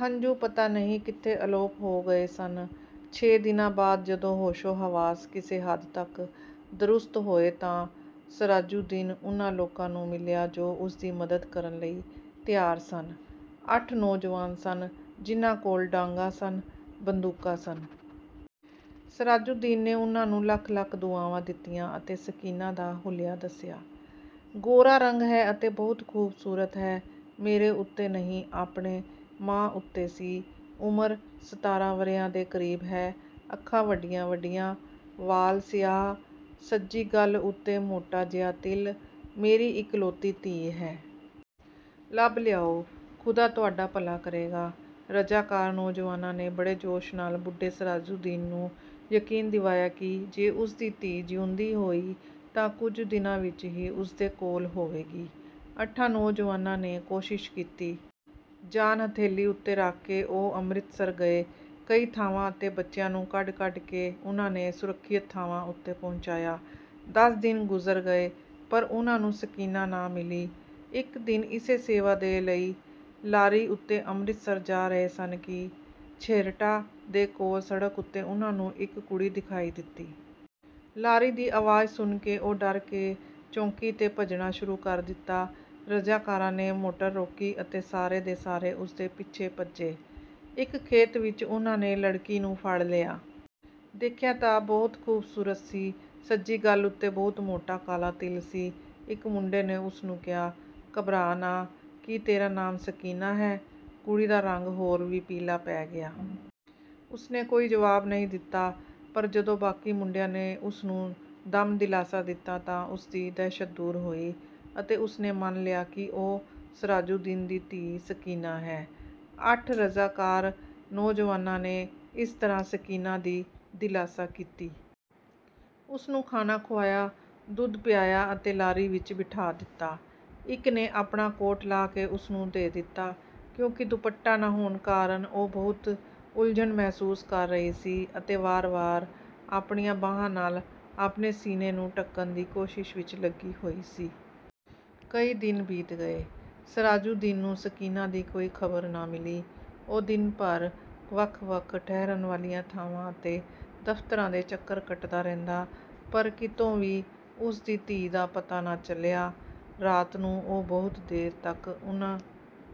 ਹੰਝੂ ਪਤਾ ਨਹੀਂ ਕਿੱਥੇ ਅਲੋਪ ਹੋ ਗਏ ਸਨ। ਛੇ ਦਿਨਾਂ ਬਾਅਦ ਜਦੋਂ ਹੋਸ਼ੋ-ਹਵਾਸ ਕਿਸੇ ਹੱਦ ਤੱਕ ਦਰੁਸਤ ਹੋਏ ਤਾਂ ਸਰਾਜੁਦੀਨ ਉਨ੍ਹਾਂ ਲੋਕਾਂ ਨੂੰ ਮਿਲ਼ਿਆ ਜੋ ਉਸਦੀ ਮਦਦ ਕਰਨ ਲਈ ਤਿਆਰ ਸਨ। ਅੱਠ ਨੌਜਵਾਨ ਸਨ, ਜਿਨ੍ਹਾਂ ਕੋਲ਼ ਡਾਂਗਾਂ ਸਨ, ਬੰਦੂਕਾਂ ਸਨ। ਸਰਾਜੁਦੀਨ ਨੇ ਉਨ੍ਹਾਂ ਨੂੰ ਲੱਖ-ਲੱਖ ਦੁਆਵਾਂ ਦਿੱਤੀਆਂ ਅਤੇ ਸਕੀਨਾ ਦਾ ਹੁਲੀਆ ਦੱਸਿਆ। ਗੋਰਾ ਰੰਗ ਹੈ ਅਤੇ ਬਹੁਤ ਖੂਬਸੂਰਤ ਹੈ। ਮੇਰੇ ਉੱਤੇ ਨਹੀਂ ਆਪਣੇ ਮਾਂ ਉੱਤੇ ਸੀ। ਉਮਰ ਸਤਾਰਾਂ ਵਰ੍ਹਿਆਂ ਦੇ ਕਰੀਬ ਹੈ। ਅੱਖਾਂ ਵੱਡੀਆਂ-ਵੱਡੀਆਂ, ਵਾਲ਼ ਸਿਆਹ, ਸੱਜੀ ਗੱਲ੍ਹ ਉੱਤੇ ਮੋਟਾ ਜਿਹਾ ਤਿਲ, ਮੇਰੀ ਇਕਲੌਤੀ ਧੀ ਹੈ। ਲੱਭ ਲਿਆਓ, ਖੁਦਾ ਤੁਹਾਡਾ ਭਲਾ ਕਰੇਗਾ। ਰਜਾਕਾਰ ਨੌਜਵਾਨਾਂ ਨੇ ਬੜੇ ਜੋਸ਼ ਨਾਲ਼ ਬੁੱਢੇ ਸਰਾਜੁਦੀਨ ਨੂੰ ਯਕੀਨ ਦਿਵਾਇਆ ਕਿ ਜੇ ਉਸਦੀ ਧੀ ਜਿਉਂਦੀ ਹੋਈ ਤਾਂ ਕੁੱਝ ਦਿਨਾਂ ਵਿੱਚ ਹੀ ਉਸਦੇ ਕੋਲ਼ ਹੋਵੇਗੀ। ਅੱਠਾਂ ਨੌਜਵਾਨਾਂ ਨੇ ਕੋਸ਼ਿਸ਼ ਕੀਤੀ। ਜਾਨ ਹਥੇਲ਼ੀ ਉੱਤੇ ਰੱਖ ਕੇ ਉਹ ਅੰਮ੍ਰਿਤਸਰ ਗਏ। ਕਈ ਥਾਵਾਂ ਅਤੇ ਬੱਚਿਆਂ ਨੂੰ ਕੱਢ-ਕੱਢ ਕੇ ਉਨ੍ਹਾਂ ਨੇ ਸੁਰੱਖਿਅਤ ਥਾਵਾਂ ਉੱਤੇ ਪਹੁੰਚਾਇਆ। ਦਸ ਦਿਨ ਗੁਜ਼ਰ ਗਏ, ਪਰ ਉਹਨਾਂ ਨੂੰ ਸਕੀਨਾ ਨਾ ਮਿਲ਼ੀ। ਇੱਕ ਦਿਨ ਇਸੇ ਸੇਵਾ ਦੇ ਲਈ ਲਾਰੀ ਉੱਤੇ ਅੰਮ੍ਰਿਤਸਰ ਜਾ ਰਹੇ ਸਨ ਕਿ ਛੇਹਰਟਾ ਦੇ ਕੋਲ਼ ਸੜਕ ਉੱਤੇ ਉਨ੍ਹਾਂ ਨੂੰ ਇੱਕ ਕੁੜੀ ਦਿਖਾਈ ਦਿੱਤੀ। ਲਾਰੀ ਦੀ ਅਵਾਜ਼ ਸੁਣ ਕੇ ਉਹ ਡਰ ਕੇ ਚੌਂਕੀ ਤੇ ਭੱਜਣਾ ਸ਼ੁਰੂ ਕਰ ਦਿੱਤਾ। ਰਜਾਕਾਰਾਂ ਨੇ ਮੋਟਰ ਰੋਕੀ ਅਤੇ ਸਾਰੇ ਦੇ ਸਾਰੇ ਉਸਦੇ ਪਿੱਛੇ ਭੱਜੇ। ਇੱਕ ਖੇਤ ਵਿੱਚ ਉਹਨਾਂ ਨੇ ਲੜਕੀ ਨੂੰ ਫੜ ਲਿਆ। ਦੇਖਿਆ ਤਾਂ ਬਹੁਤ ਖੂਬਸੂਰਤ ਸੀ। ਸੱਜੀ ਗੱਲ ਉੱਤੇ ਬਹੁਤ ਮੋਟਾ ਕਾਲ਼ਾ ਤਿਲ ਸੀ। ਇੱਕ ਮੁੰਡੇ ਨੇ ਉਸਨੂੰ ਕਿਹਾ, "ਘਬਰਾ ਨਾ, ਕੀ ਤੇਰਾ ਨਾਮ ਸਕੀਨਾ ਹੈ?" ਕੁੜੀ ਦਾ ਰੰਗ ਹੋਰ ਵੀ ਪੀਲ਼ਾ ਪੈ ਗਿਆ। ਉਸਨੇ ਕੋਈ ਜਵਾਬ ਨਹੀਂ ਦਿੱਤਾ। ਪਰ ਜਦੋਂ ਬਾਕੀ ਮੁੰਡਿਆਂ ਨੇ ਉਸਨੂੰ ਦਮ ਦਿਲਾਸਾ ਦਿੱਤਾ ਤਾਂ ਉਸਦੀ ਦਹਿਸ਼ਤ ਦੂਰ ਹੋਈ ਅਤੇ ਉਸਨੇ ਮੰਨ ਲਿਆ ਕਿ ਉਹ ਸਰਾਜੁਦੀਨ ਦੀ ਧੀ ਸਕੀਨਾ ਹੈ। ਅੱਠ ਰਜਾਕਾਰ ਨੌਜਵਾਨਾਂ ਨੇ ਇਸ ਤਰ੍ਹਾਂ ਸਕੀਨਾ ਦੀ ਦਿਲਾਸਾ ਕੀਤੀ। ਉਸਨੂੰ ਖਾਣਾ ਖੁਆਇਆ, ਦੁੱਧ ਪਿਆਇਆ ਅਤੇ ਲਾਰੀ ਵਿੱਚ ਬਿਠਾ ਦਿੱਤਾ। ਇੱਕ ਨੇ ਆਪਣਾ ਕੋਟ ਲਾਹ ਕੇ ਉਸਨੂੰ ਦੇ ਦਿੱਤਾ, ਕਿਉਂਕਿ ਦੁਪੱਟਾ ਨਾ ਹੋਣ ਕਾਰਨ ਉਹ ਬਹੁਤ ਉਲ਼ਝਣ ਮਹਿਸੂਸ ਕਰ ਰਹੀ ਸੀ ਅਤੇ ਵਾਰ-ਵਾਰ ਆਪਣੀਆਂ ਬਾਹਾਂ ਨਾਲ਼ ਆਪਣੇ ਸੀਨੇ ਨੂੰ ਢਕਣ ਦੀ ਕੋਸ਼ਿਸ਼ ਵਿੱਚ ਲੱਗੀ ਹੋਈ ਸੀ। ਕਈ ਦਿਨ ਬੀਤ ਗਏ, ਸਰਾਜੁਦੀਨ ਨੂੰ ਸਕੀਨਾ ਦੀ ਕੋਈ ਖ਼ਬਰ ਨਾ ਮਿਲ਼ੀ। ਉਹ ਦਿਨ ਭਰ ਵੱਖ-ਵੱਖ ਠਹਿਰਨ ਵਾਲੀਆਂ ਥਾਵਾਂ ਅਤੇ ਦਫ਼ਤਰਾਂ ਦੇ ਚੱਕਰ ਕੱਟਦਾ ਰਹਿੰਦਾ, ਪਰ ਕਿਤੋਂ ਵੀ ਉਸਦੀ ਧੀ ਦਾ ਪਤਾ ਨਾ ਚੱਲਿਆ। ਰਾਤ ਨੂੰ ਉਹ ਬਹੁਤ ਦੇਰ ਤੱਕ ਉਨ੍ਹਾਂ